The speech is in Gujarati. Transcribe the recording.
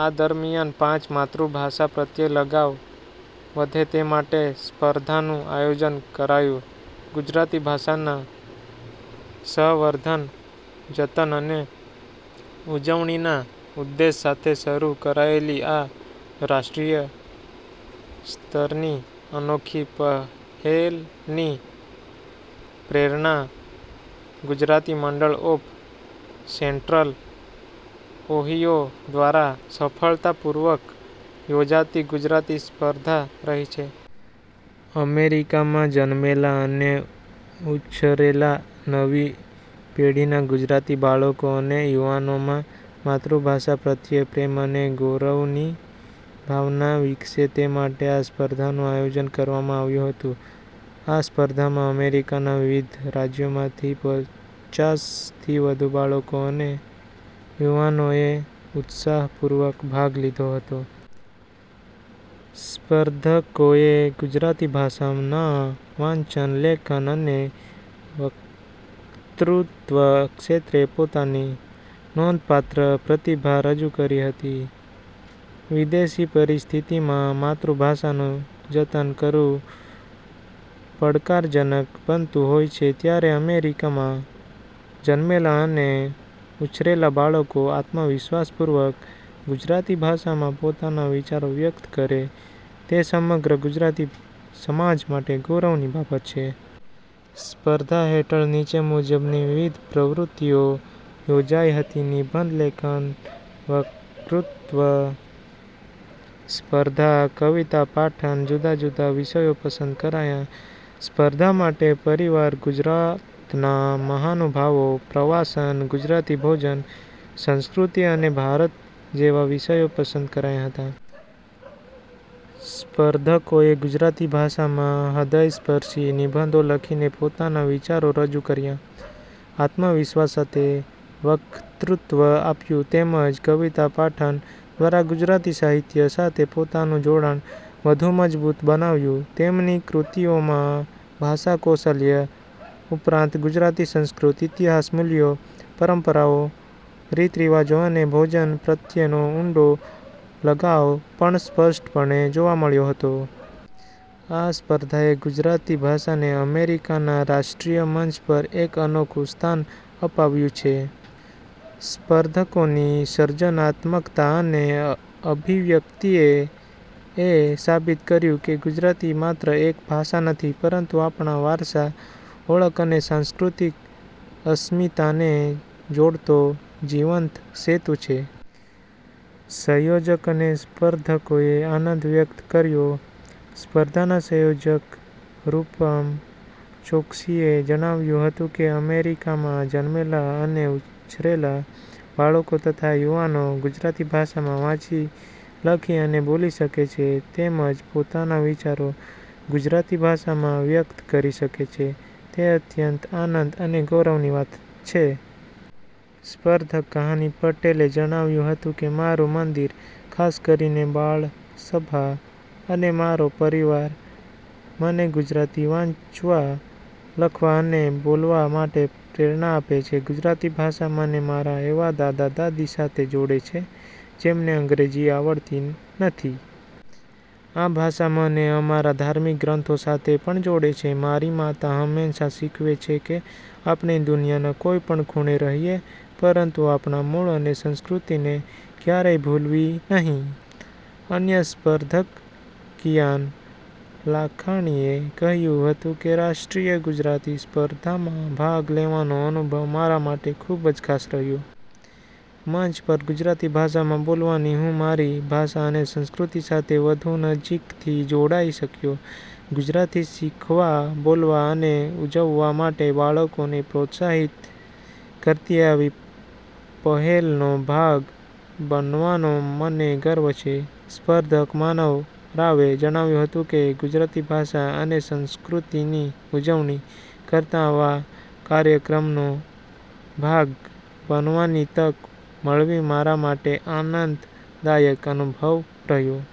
આ દરમિયાન પાંચ માતૃભાષા પ્રત્યે લગાવ વધે તે માટે સ્પર્ધાનું આયોજન કરાયું ગુજરાતી ભાષાના સંવર્ધન, જતન અને ઉજવણીના ઉદ્દેશ સાથે શરૂ કરાયેલી આ રાષ્ટ્રીય સ્તરની અનોખી પહેલની પ્રેરણા ગુજરાતી મંડળ ઓફ સેન્ટ્રલ ઓહીયો દ્વારા સફળતાપૂર્વક યોજાતી ગુજરાતી સ્પર્ધા રહી છે. અમેરિકામાં જન્મેલા અને ઉછરેલા નવી પેઢીના ગુજરાતી બાળકો અને યુવાનોમાં માતૃભાષા પ્રત્યે પ્રેમ અને ગૌરવની ભાવના વિકસે તે માટે આ સ્પર્ધાનું આયોજન કરવામાં આવ્યું હતું. આ સ્પર્ધામાં અમેરિકાના વિવિધ રાજ્યોમાંથી પચાસ થી વધુ બાળકો અને યુવાનોએ ઉત્સાહપૂર્વક ભાગ લીધો હતો. સ્પર્ધકોએ ગુજરાતી ભાષાના વાંચન, લેખન અને વક્તૃત્વ ક્ષેત્રે પોતાની નોંધપાત્ર પ્રતિભા રજૂ કરી હતી. વિદેશી પરિસ્થિતિમાં માતૃભાષાનું જતન કરવું પડકારજનક બનતું હોય છે ત્યારે અમેરિકામાં જન્મેલા અને ઉછરેલા બાળકો આત્મવિશ્વાસપૂર્વક ગુજરાતી ભાષામાં પોતાના વિચારો વ્યક્ત કરે તે સમગ્ર ગુજરાતી સમાજ માટે ગૌરવની બાબત છે. સ્પર્ધા હેઠળ નીચે મુજબની વિવિધ પ્રવૃત્તિઓ યોજાઇ હતી નિબંધ લેખન વક્તૃત્વ સ્પર્ધા કવિતા પાઠન જુદા-જુદા વિષયો પસંદ કરાયા સ્પર્ધા માટે પરિવાર, ગુજરાતના મહાનુભાવો, પ્રવાસન, ગુજરાતી ભોજન, સંસ્કૃતિ અને ભારત જેવા વિષયો પસંદ કરાયા હતા. સ્પર્ધકોએ ગુજરાતી ભાષામાં હૃદયસ્પર્શી નિબંધો લખીને પોતાના વિચારો રજૂ કર્યા. આત્મવિશ્વાસ સાથે વક્તૃત્વ આપ્યું તેમજ કવિતા પાઠન દ્વારા ગુજરાતી સાહિત્ય સાથે પોતાનું જોડાણ વધુ મજબૂત બનાવ્યું. તેમની કૃતિઓમાં ભાષાકૌશલ્ય ઉપરાંત ગુજરાતી સંસ્કૃતિ, ઇતિહાસ, મૂલ્યો, પરંપરાઓ, રીત-રિવાજો અને ભોજન પ્રત્યેનો ઊંડો લગાવ પણ સ્પષ્ટપણે જોવા મળ્યો હતો. આ સ્પર્ધાએ ગુજરાતી ભાષાને અમેરિકાના રાષ્ટ્રીય મંચ પર એક અનોખું સ્થાન અપાવ્યું છે. સ્પર્ધકોની સર્જનાત્મકતા અને અભિવ્યક્તિએ એ સાબિત કર્યું કે ગુજરાતી માત્ર એક ભાષા નથી પરંતુ આપણા વારસા, ઓળખ અને સાંસ્કૃતિક અસ્મિતાને જોડતો જીવંત સેતુ છે. સંયોજક અને સ્પર્ધકોએ આનંદ વ્યક્ત કર્યો સ્પર્ધાના સંયોજક રૂપમ ચોક્સીએ જણાવ્યું હતું કે, અમેરિકામાં જન્મેલા અને ઉછરેલા બાળકો તથા યુવાનો ગુજરાતી ભાષામાં વાંચી, લખી અને બોલી શકે છે તેમજ પોતાના વિચારો ગુજરાતી ભાષામાં વ્યક્ત કરી શકે છે, તે અત્યંત આનંદ અને ગૌરવની વાત છે. સ્પર્ધક કહાની પટેલે જણાવ્યું હતું કે, મારું મંદિર, ખાસ કરીને બાળસભા અને મારો પરિવાર મને ગુજરાતી વાંચવા, લખવા અને બોલવા માટે પ્રેરણા આપે છે. ગુજરાતી ભાષા મને મારા એવા દાદા-દાદી સાથે જોડે છે જેમને અંગ્રેજી આવડતી નથી. આ ભાષા મને અમારા ધાર્મિક ગ્રંથો સાથે પણ જોડે છે. મારી માતા હંમેશાં શીખવે છે કે આપણે દુનિયાના કોઈપણ ખૂણે રહીએ, પરંતુ આપણા મૂળ અને સંસ્કૃતિને ક્યારેય ભૂલવી નહીં. અન્ય સ્પર્ધક કિયાન લાખાણીએ કહ્યું હતું કે, રાષ્ટ્રીય ગુજરાતી સ્પર્ધામાં ભાગ લેવાનો અનુભવ મારા માટે ખૂબ જ ખાસ રહ્યો. મંચ પર ગુજરાતી ભાષામાં બોલવાથી હું મારી ભાષા અને સંસ્કૃતિ સાથે વધુ નજીકથી જોડાઈ શક્યો. ગુજરાતી શીખવા, બોલવા અને ઉજવવા માટે બાળકોને પ્રોત્સાહિત કરતી આવી પહેલનો ભાગ બનવાનો મને ગર્વ છે. સ્પર્ધક માનવ રાવે જણાવ્યું હતું કે, ગુજરાતી ભાષા અને સંસ્કૃતિની ઉજવણી કરતા આવા કાર્યક્રમનો ભાગ બનવાની તક મળવી મારા માટે આનંદદાયક અનુભવ રહ્યો.